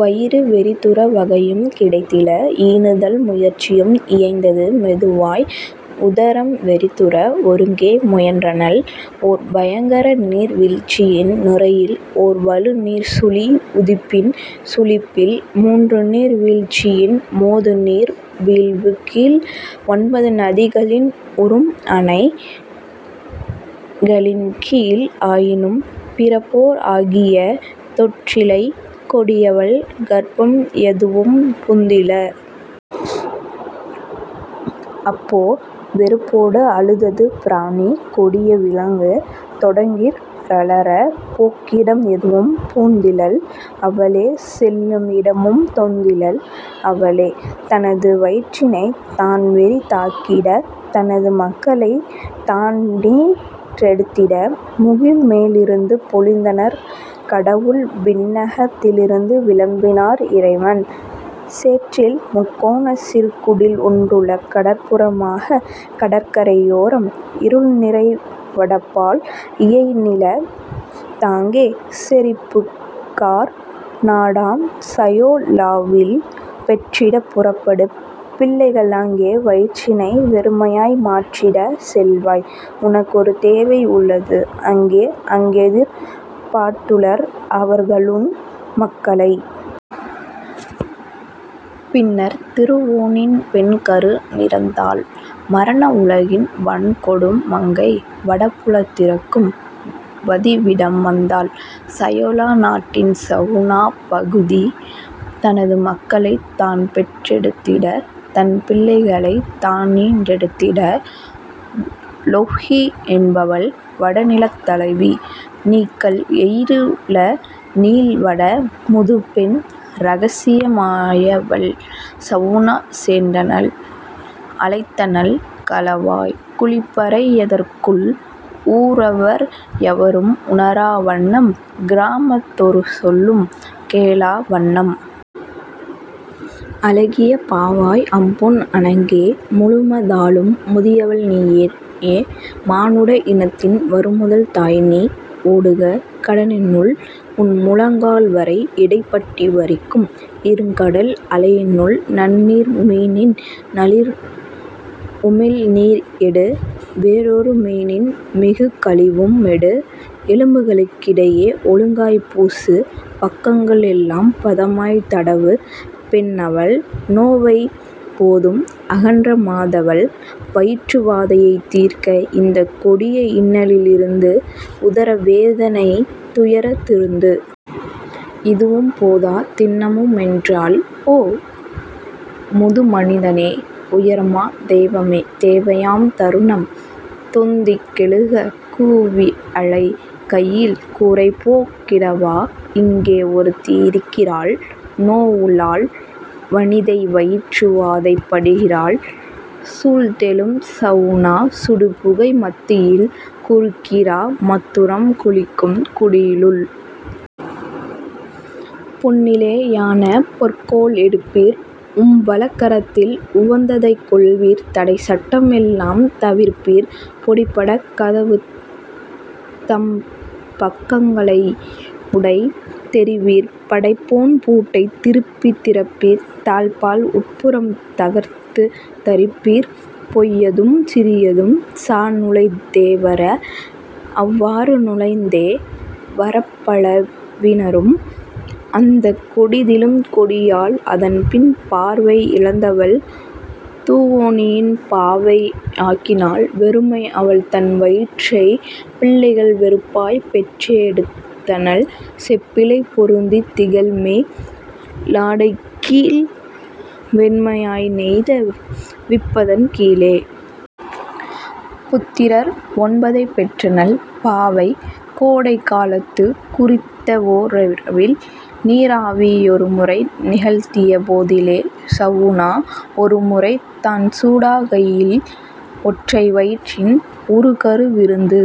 வயிறு வெறிதுற வகையும் கிடைத்தில. ஈனுதல் முயற்சியும் இயைந்தது மெதுவாய் உதரம் வெறிதுற ஒருங்கே முயன்றனள் ஓர்பயங் கரநீர் வீழ்ச்சியின் நுரையில் ஓர்வலு நீர்ச்சுழி உதிப்பின் சுழிப்பில் மூன்றுநீர் வீழ்ச்சியின் மோதுநீர் வீழ்வுகீழ் ஒன்பது நதிகளின் உறும்அணை களின்கீழ் ஆயினும் பிறப்போ ஆகிய தொற்றிலை கொடியவள் கர்ப்பம் எதுவும் புந்தில. அப்போ வெறுப்பொடு அழுதது பிராணி கொடிய விலங்கு தொடங்கிற் றலற போக்கிடம் எதுவும் புந்திலள் அவளே செல்லும் இடமும் தொந்திலள் அவளே தனது வயிற்றினைத் தான்வெறி தாக்கிட தனது மக்களைத் தானீன் றெடுத்திட. முகில்மே லிருந்து பொழிந்தனர் கடவுள் விண்ணகத் திலிருந்து விளம்பினார் இறைவன்: "சேற்றில்முக் கோணச் சிறுகுடில் ஒன்றுள கடற் புறமாகக் கடற்கரை யோரம் இருள்நிறை வடபால் இயைநிலத் தாங்கே செறிபு கார் நாடாம் சயோ லாவில்; பெற்றிடப் புறப்படு பிள்ளைகள் அங்கே வயிற்றினை வெறுமையாய் மாற்றிடச் செல்வாய் உனக்கொரு தேவை உள்ளது அங்கே அங்கெதிர் பார்த்துளர் அவர்களுன் மக்களை. " பின்னர் திருவோனின் பெண்கரு நிறத்தாள் மரண உலகின் வன்கொடும் மங்கை வடபுலத் திருக்கும் வதிவிடம் வந்தாள் சயொலா நாட்டின் சவுனாப் பகுதி தனது மக்களைத் தான்பெற் றெடுத்திட தன்பிள் ளைகளைத் தானீன் றெடுத்திட. லொவ்ஹி என்பவள் வடநிலத் தலைவி நீக்கல் எயிறுள நீள்வட முதுபெண் இரகசிய மாயவள் சவுனாச் சேர்ந்தனள் அழைத்தனள் களவாய்க் குளிப்பறை யதற்குள் ஊரவர் எவரும் உணரா வண்ணம் கிராமத் தொருசொலும் கேளா வண்ணம். அழகிய பாவாய் அம்பொன் அணங்கே! முழுமா தாலும் முதியவள் நீயே! மானுட இனத்தின் வருமுதல் தாய்நீ! ஓடுக, கடலினுள் உன்முழங் கால்வரை, இடைப்பட்டி வரைக்கும் இருங்கடல் அலையினுள் நன்னீர் மீனின் நளிர்உமிழ் நீர்எடு வேறொரு மீனின் மிகுகழி வும்மெடு எலும்புகளுக்கிடையே ஒழுங்காய்ப் பூசு பக்கங்க ளெல்லாம் பதமாய்த் தடவு பெண்ணவள் நோவைப் பொதும் அகற்ற மாதவள் வயிற்று வாதையைத் தீர்க்க இந்தக் கொடிய இன்னலி லிருந்து உதர வேதனைத் துயரத் திருந்து! இதுவும் போதா தின்னமு மென்றால், ஓ, முது மனிதனே, உயர்மா தெய்வமே! தேவையாம் தருணம் தொந்திங் கெழுக கூவியழைக் கையில் குறைபோக் கிடவா இங்கே ஒருத்தி இருக்கிறாள் நோவுளாள் வனிதை வயிற்று வாதைப் படுகிறாள் சூழ்ந்தெழும் சவுனா சுடுபுகை மத்தியில் குறுங்கிரா மத்துறம் குளிக்கும் குடிலுள். பொன்னிலே யான பொற்கோல் எடுப்பீர் உம்வலக் கரத்தில் உவந்ததைக் கொள்வீர் தடைச்சட் டமெல்லாம் தவிர்ப்பீர் பொடிபட கதவுத் தம்பக்கங் களையுடைத் தெறிவீர் படைப்போன் பூட்டைத் திருப்பித் திறப்பீர் தாழ்ப்பாள் உட்புறம் தகர்த்துத் தறிப்பீர் பொயதும் சிறியதும் சாநுழைந் தேவர அவ்வாறு நுழைந்தே வரப்பல வீனரும்! " அந்தக் கொடிதிலும் கொடியாள் அதன்பின் பார்வை யிழந்தவள் துவோனியின் பாவை ஆக்கினாள் வெறுமை அவள்தன் வயிற்றை பிள்ளைகள் வெறுப்பாய்ப் பெற்றே எடுத்தனள் செப்பிழை பொருந்தித் திகழ்மே லாடைகீழ் மென்மையாய் நெய்த விப்பதன் கீழே. புத்திரர் ஒன்பதைப் பெற்றனள் பாவை கோடைகா லத்து குறித்தவோ ரிரவில் நீராவி யொருமுறை நிகழ்த்திய போதிலே சவுனா ஒருமுறை தான்சூ டாகையில் ஒற்றை வயிற்றின் உறுகரு விருந்து